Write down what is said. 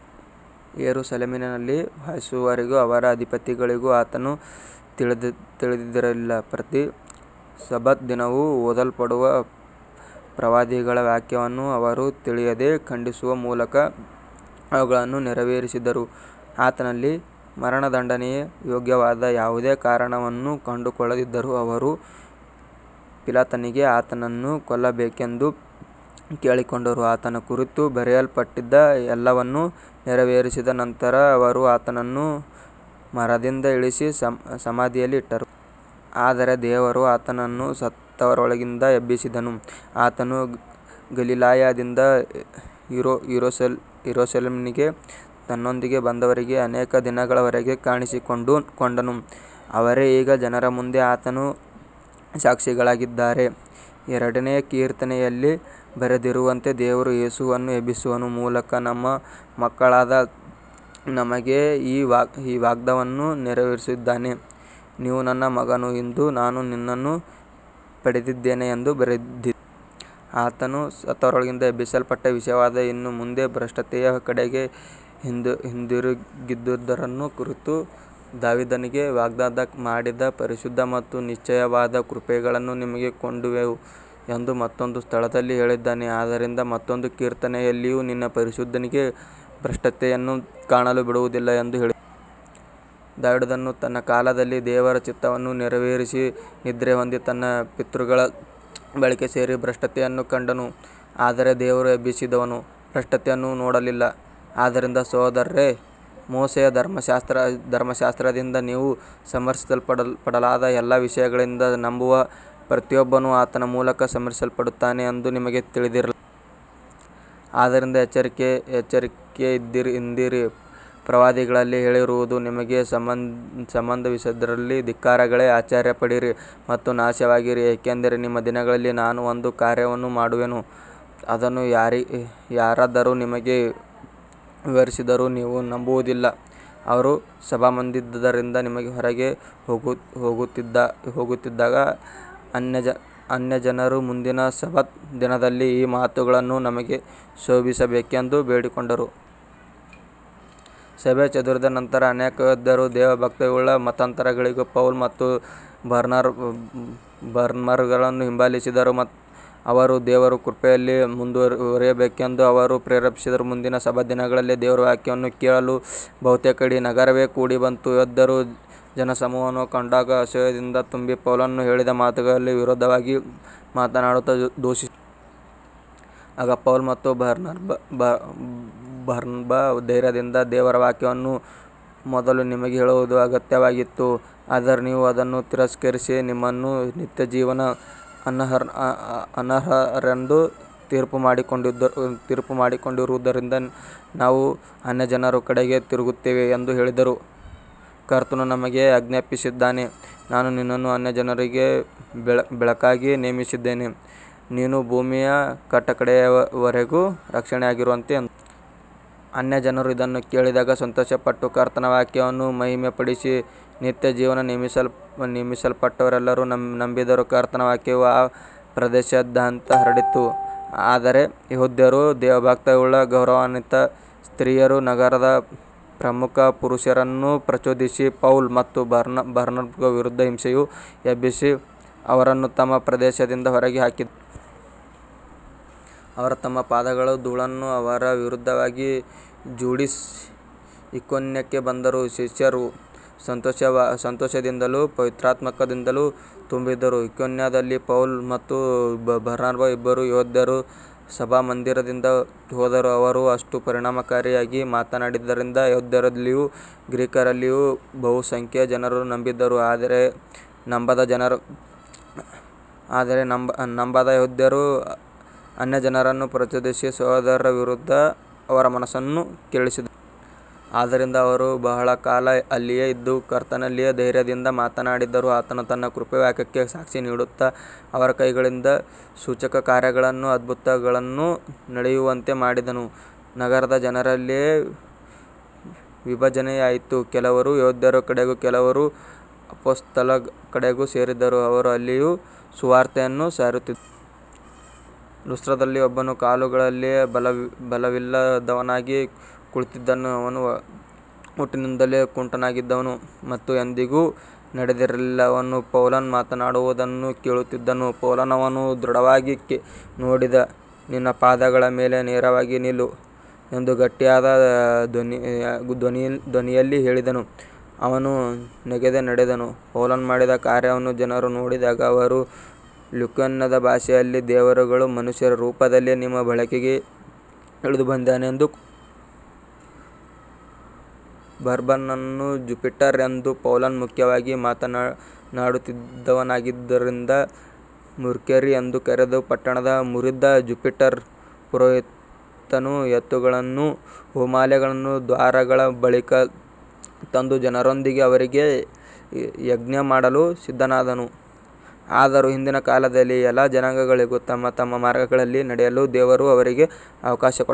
ಯೆರೂಸಲೇಮಿನಲ್ಲಿ ವಾಸಿಸುವವರಿಗೂ ಅವರ ಅಧಿಪತಿಗಳಿಗೂ ಆತನು ತಿಳಿದಿರಲಿಲ್ಲ. ಪ್ರತಿ ಸಬ್ಬತ್ ದಿನವೂ ಓದಲ್ಪಡುವ ಪ್ರವಾದಿಗಳ ವಾಕ್ಯಗಳನ್ನು ಅವರು ತಿಳಿಯದೆ ಖಂಡಿಸುವ ಮೂಲಕ ಅವುಗಳನ್ನು ನೆರವೇರಿಸಿದರು. ಆತನಲ್ಲಿ ಮರಣದಂಡನೆಗೆ ಯೋಗ್ಯವಾದ ಯಾವುದೇ ಕಾರಣವನ್ನು ಕಂಡುಕೊಳ್ಳದಿದ್ದರೂ ಅವರು ಪಿಲಾತನಿಗೆ ಆತನನ್ನು ಕೊಲ್ಲಬೇಕೆಂದು ಕೇಳಿಕೊಂಡರು. ಆತನ ಕುರಿತು ಬರೆಯಲ್ಪಟ್ಟಿದ್ದ ಎಲ್ಲವನ್ನೂ ನೆರವೇರಿಸಿದ ನಂತರ ಅವರು ಆತನನ್ನು ಮರದಿಂದ ಇಳಿಸಿ ಸಮಾಧಿಯಲ್ಲಿ ಇಟ್ಟರು. ಆದರೆ ದೇವರು ಆತನನ್ನು ಸತ್ತವರೊಳಗಿಂದ ಎಬ್ಬಿಸಿದನು. ಆತನು ಗಲಿಲಾಯದಿಂದ ಯೆರೂಸಲೇಮಿಗೆ ತನ್ನೊಂದಿಗೆ ಬಂದವರಿಗೆ ಅನೇಕ ದಿನಗಳವರೆಗೆ ಕಾಣಿಸಿಕೊಂಡನು. ಅವರೇ ಈಗ ಜನರ ಮುಂದೆ ಆತನ ಸಾಕ್ಷಿಗಳಾಗಿದ್ದಾರೆ. ಎರಡನೆಯ ಕೀರ್ತನೆಯಲ್ಲಿ ಬರೆದಿರುವಂತೆ, ದೇವರು ಯೇಸುವನ್ನು ಎಬ್ಬಿಸುವ ಮೂಲಕ ನಮ್ಮ ಮಕ್ಕಳಾದ ನಮಗೆ ಈ ವಾಗ್ದಾನವನ್ನು ನೆರವೇರಿಸಿದ್ದಾನೆ, ನೀನು ನನ್ನ ಮಗನು, ಇಂದು ನಾನು ನಿನ್ನನ್ನು ಪಡೆದಿದ್ದೇನೆ ಎಂದು ಬರೆದಿದೆ. ಆತನು ಸತ್ತವರೊಳಗಿಂದ ಎಬ್ಬಿಸಲ್ಪಟ್ಟ ವಿಷಯವಾಗಿ ಇನ್ನು ಮುಂದೆ ಭ್ರಷ್ಟತೆಯ ಕಡೆಗೆ ಹಿಂದಿರುಗದಿರುವುದನ್ನು ಕುರಿತು, ದಾವೀದನಿಗೆ ವಾಗ್ದಾನ ಮಾಡಿದ ಪರಿಶುದ್ಧ ಮತ್ತು ನಿಶ್ಚಯವಾದ ಕೃಪೆಗಳನ್ನು ನಿಮಗೆ ಕೊಡುವೆನು ಎಂದು ಮತ್ತೊಂದು ಸ್ಥಳದಲ್ಲಿ ಹೇಳಿದ್ದಾನೆ. ಆದ್ದರಿಂದ ಮತ್ತೊಂದು ಕೀರ್ತನೆಯಲ್ಲಿಯೂ, ನಿನ್ನ ಪರಿಶುದ್ಧನಿಗೆ ಭ್ರಷ್ಟತೆಯನ್ನು ಕಾಣಲು ಬಿಡುವುದಿಲ್ಲ ಎಂದು ಹೇಳಿದ್ದಾನೆ. ದಾವೀದನು ತನ್ನ ಕಾಲದಲ್ಲಿ ದೇವರ ಚಿತ್ತವನ್ನು ನೆರವೇರಿಸಿ ನಿದ್ರೆಹೊಂದಿ ತನ್ನ ಪಿತೃಗಳ ಬಳಿಗೆ ಸೇರಿ ಭ್ರಷ್ಟತೆಯನ್ನು ಕಂಡನು. ಆದರೆ ದೇವರು ಎಬ್ಬಿಸಿದವನು ಭ್ರಷ್ಟತೆಯನ್ನು ನೋಡಲಿಲ್ಲ. ಆದ್ದರಿಂದ ಸಹೋದರರೇ, ಮೋಶೆಯ ಧರ್ಮಶಾಸ್ತ್ರದಿಂದ ನೀವು ಸಮರ್ಥಿಸಲ್ಪಡಲಾಗದ ಎಲ್ಲ ವಿಷಯಗಳಿಂದ ನಂಬುವ ಪ್ರತಿಯೊಬ್ಬನೂ ಆತನ ಮೂಲಕ ಸಮರ್ಥಿಸಲ್ಪಡುತ್ತಾನೆ ಎಂದು ನಿಮಗೆ ತಿಳಿದಿರಲಿ. ಆದ್ದರಿಂದ ಎಚ್ಚರಿಕೆಯಿಂದಿರಿ, ಪ್ರವಾದಿಗಳಲ್ಲಿ ಹೇಳಿರುವುದು ನಿಮಗೆ ಸಂಭವಿಸದಿರಲಿ, ಧಿಕ್ಕಾರಿಗಳೇ, ಆಶ್ಚರ್ಯಪಡಿರಿ ಮತ್ತು ನಾಶವಾಗಿರಿ, ಏಕೆಂದರೆ ನಿಮ್ಮ ದಿನಗಳಲ್ಲಿ ನಾನು ಒಂದು ಕಾರ್ಯವನ್ನು ಮಾಡುವೆನು, ಅದನ್ನು ಯಾರಾದರೂ ನಿಮಗೆ ವಿವರಿಸಿದರೂ ನೀವು ನಂಬುವುದಿಲ್ಲ. ಅವರು ಸಭಾಮಂದಿರದಿಂದ ಹೊರಗೆ ಹೋಗುತ್ತಿದ್ದಾಗ ಅನ್ಯಜನರು ಮುಂದಿನ ಸಬ್ಬತ್ ದಿನದಲ್ಲಿ ಈ ಮಾತುಗಳನ್ನು ತಮಗೆ ಬೋಧಿಸಬೇಕೆಂದು ಬೇಡಿಕೊಂಡರು. ಸಭೆಯು ಚದುರಿದ ನಂತರ ಅನೇಕ ಯೆಹೂದ್ಯರೂ ದೇವಭಕ್ತಿಯುಳ್ಳ ಮತಾಂತರಿಗಳೂ ಪೌಲ ಮತ್ತು ಬರ್ನಬರನ್ನು ಹಿಂಬಾಲಿಸಿದರು. ಅವರು ದೇವರ ಕೃಪೆಯಲ್ಲಿ ಮುಂದುವರಿಯಬೇಕೆಂದು ಅವರನ್ನು ಪ್ರೇರೇಪಿಸಿದರು. ಮುಂದಿನ ಸಬ್ಬತ್ ದಿನದಲ್ಲಿ ದೇವರ ವಾಕ್ಯವನ್ನು ಕೇಳಲು ಬಹುತೇಕ ಇಡೀ ನಗರವೇ ಕೂಡಿಬಂತು. ಯೆಹೂದ್ಯರು ಜನಸಮೂಹವನ್ನು ಕಂಡಾಗ ಅಸೂಯೆಯಿಂದ ತುಂಬಿ ಪೌಲನು ಹೇಳಿದ ಮಾತುಗಳಿಗೆ ವಿರೋಧವಾಗಿ ಮಾತನಾಡುತ್ತಾ ದೂಷಿಸಿದರು. ಆಗ ಪೌಲ ಮತ್ತು ಬರ್ನಬ ಧೈರ್ಯದಿಂದ, ದೇವರ ವಾಕ್ಯವನ್ನು ಮೊದಲು ನಿಮಗೆ ಹೇಳುವುದು ಅಗತ್ಯವಾಗಿತ್ತು. ಆದರೆ ನೀವು ಅದನ್ನು ತಿರಸ್ಕರಿಸಿ ನಿಮ್ಮನ್ನು ನಿತ್ಯಜೀವಕ್ಕೆ ಅನರ್ಹರೆಂದು ತೀರ್ಪುಮಾಡಿಕೊಂಡಿರುವುದರಿಂದ ನಾವು ಅನ್ಯಜನರ ಕಡೆಗೆ ತಿರುಗುತ್ತೇವೆ ಎಂದು ಹೇಳಿದರು. ಕರ್ತನು ನಮಗೆ ಆಜ್ಞಾಪಿಸಿದ್ದಾನೆ, ನಾನು ನಿನ್ನನ್ನು ಅನ್ಯಜನರಿಗೆ ಬೆಳಕಾಗಿ ನೇಮಿಸಿದ್ದೇನೆ, ನೀನು ಭೂಮಿಯ ಕಟ್ಟಕಡೆಯವರೆಗೂ ರಕ್ಷಣೆಯಾಗಿರುವಂತೆ ಎಂದು. ಅನ್ಯಜನರು ಇದನ್ನು ಕೇಳಿದಾಗ ಸಂತೋಷಪಟ್ಟು ಕರ್ತನ ವಾಕ್ಯವನ್ನು ಮಹಿಮೆಪಡಿಸಿದರು. ನಿತ್ಯಜೀವಕ್ಕೆ ನೇಮಿಸಲ್ಪಟ್ಟವರೆಲ್ಲರೂ ನಂಬಿದರು. ಕರ್ತನ ವಾಕ್ಯವು ಆ ಪ್ರದೇಶದಾದ್ಯಂತ ಹರಡಿತು. ಆದರೆ ಯೆಹೂದ್ಯರು ದೇವಭಕ್ತಿಯುಳ್ಳ ಗೌರವಾನ್ವಿತ ಸ್ತ್ರೀಯರನ್ನೂ ನಗರದ ಪ್ರಮುಖ ಪುರುಷರನ್ನೂ ಪ್ರಚೋದಿಸಿ, ಪೌಲ ಮತ್ತು ಬರ್ನಬರ ವಿರುದ್ಧ ಹಿಂಸೆಯನ್ನು ಎಬ್ಬಿಸಿ ಅವರನ್ನು ತಮ್ಮ ಪ್ರದೇಶದಿಂದ ಹೊರಗೆ ಹಾಕಿಸಿದರು. ಅವರು ತಮ್ಮ ಪಾದಗಳ ಧೂಳನ್ನು ಅವರ ವಿರುದ್ಧವಾಗಿ ಝಾಡಿಸಿ ಇಕೋನ್ಯಕ್ಕೆ ಬಂದರು. ಶಿಷ್ಯರು ಸಂತೋಷದಿಂದಲೂ ಪವಿತ್ರಾತ್ಮದಿಂದಲೂ ತುಂಬಿದರು. ಇಕೋನ್ಯದಲ್ಲಿ ಪೌಲ ಮತ್ತು ಬರ್ನಬ ಇಬ್ಬರೂ ಯೆಹೂದ್ಯರ ಸಭಾಮಂದಿರಕ್ಕೆ ಹೋದರು. ಅವರು ಅಷ್ಟು ಪರಿಣಾಮಕಾರಿಯಾಗಿ ಮಾತನಾಡಿದ್ದರಿಂದ ಯೆಹೂದ್ಯರಲ್ಲಿಯೂ ಗ್ರೀಕರಲ್ಲಿಯೂ ಬಹುಸಂಖ್ಯೆಯ ಜನರು ನಂಬಿದರು. ಆದರೆ ನಂಬದ ಯೆಹೂದ್ಯರು ಅನ್ಯಜನರನ್ನು ಪ್ರಚೋದಿಸಿ ಸಹೋದರರ ವಿರುದ್ಧ ಅವರ ಮನಸ್ಸನ್ನು ಕೆರಳಿಸಿದರು. ಆದ್ದರಿಂದ ಅವರು ಬಹಳ ಕಾಲ ಅಲ್ಲಿಯೇ ಇದ್ದು, ಕರ್ತನಲ್ಲಿ ಧೈರ್ಯದಿಂದ ಮಾತನಾಡಿದರು. ಆತನು ತನ್ನ ಕೃಪೆಯ ವಾಕ್ಯಕ್ಕೆ ಸಾಕ್ಷಿ ನೀಡುತ್ತಾ ಅವರ ಕೈಗಳಿಂದ ಸೂಚಕಕಾರ್ಯಗಳನ್ನೂ ಅದ್ಭುತಗಳನ್ನೂ ನಡೆಯುವಂತೆ ಮಾಡಿದನು. ನಗರದ ಜನರಲ್ಲಿ ವಿಭಜನೆಯಾಯಿತು. ಕೆಲವರು ಯೆಹೂದ್ಯರ ಕಡೆಗೂ ಕೆಲವರು ಅಪೊಸ್ತಲರ ಕಡೆಗೂ ಸೇರಿದರು. ಅವರು ಅಲ್ಲಿಯೂ ಸುವಾರ್ತೆಯನ್ನು ಸಾರುತ್ತಿದ್ದರು. ಲುಸ್ತ್ರದಲ್ಲಿ ಒಬ್ಬನು ಕಾಲುಗಳಲ್ಲಿ ಬಲವಿಲ್ಲದವನಾಗಿ ಕುಳಿತಿದ್ದನು. ಅವನು ಹುಟ್ಟಿನಿಂದಲೇ ಕುಂಟನಾಗಿದ್ದನು ಮತ್ತು ಎಂದಿಗೂ ನಡೆದಿರಲಿಲ್ಲ. ಅವನು ಪೌಲನು ಮಾತನಾಡುವುದನ್ನು ಕೇಳುತ್ತಿದ್ದನು. ಪೌಲನು ಅವನನ್ನು ದೃಢವಾಗಿ ನೋಡಿ, ನಿನ್ನ ಪಾದಗಳ ಮೇಲೆ ನೇರವಾಗಿ ನಿಲ್ಲು ಎಂದು ಗಟ್ಟಿಯಾದ ಧ್ವನಿಯಲ್ಲಿ ಹೇಳಿದನು. ಅವನು ನೆಗೆದು ನಡೆದನು. ಪೌಲನು ಮಾಡಿದ ಕಾರ್ಯವನ್ನು ಜನರು ನೋಡಿದಾಗ ಅವರು ಲುಕೋನ್ಯದ ಭಾಷೆಯಲ್ಲಿ, ದೇವರುಗಳು ಮನುಷ್ಯರ ರೂಪದಲ್ಲಿ ನಮ್ಮ ಬಳಿಗೆ ಇಳಿದು ಬಂದಿದ್ದಾರೆ ಎಂದು ಕೂಗಿದರು. ಬರ್ನಬನನ್ನು ಜುಪಿಟರ್ ಎಂದೂ ಪೌಲನು ಮುಖ್ಯವಾಗಿ ಮಾತನಾಡುತ್ತಿದ್ದವನಾಗಿದ್ದುದರಿಂದ ಮರ್ಕ್ಯುರಿ ಎಂದೂ ಕರೆದರು. ಪಟ್ಟಣದ ಮುಂದಿದ್ದ ಜುಪಿಟರನ ಪುರೋಹಿತನು ಎತ್ತುಗಳನ್ನೂ ಹೂಮಾಲೆಗಳನ್ನೂ ದ್ವಾರಗಳ ಬಳಿಗೆ ತಂದು ಜನರೊಂದಿಗೆ ಅವರಿಗೆ ಯಜ್ಞಮಾಡಲು ಸಿದ್ಧನಾದನು. ಆದರೂ ಹಿಂದಿನ ಕಾಲಗಳಲ್ಲಿ ಎಲ್ಲಾ ಜನಾಂಗಗಳೂ ತಮ್ಮ ತಮ್ಮ ಮಾರ್ಗಗಳಲ್ಲಿ ನಡೆಯಲು ದೇವರು ಅವರಿಗೆ ಅವಕಾಶಕೊಟ್ಟನು.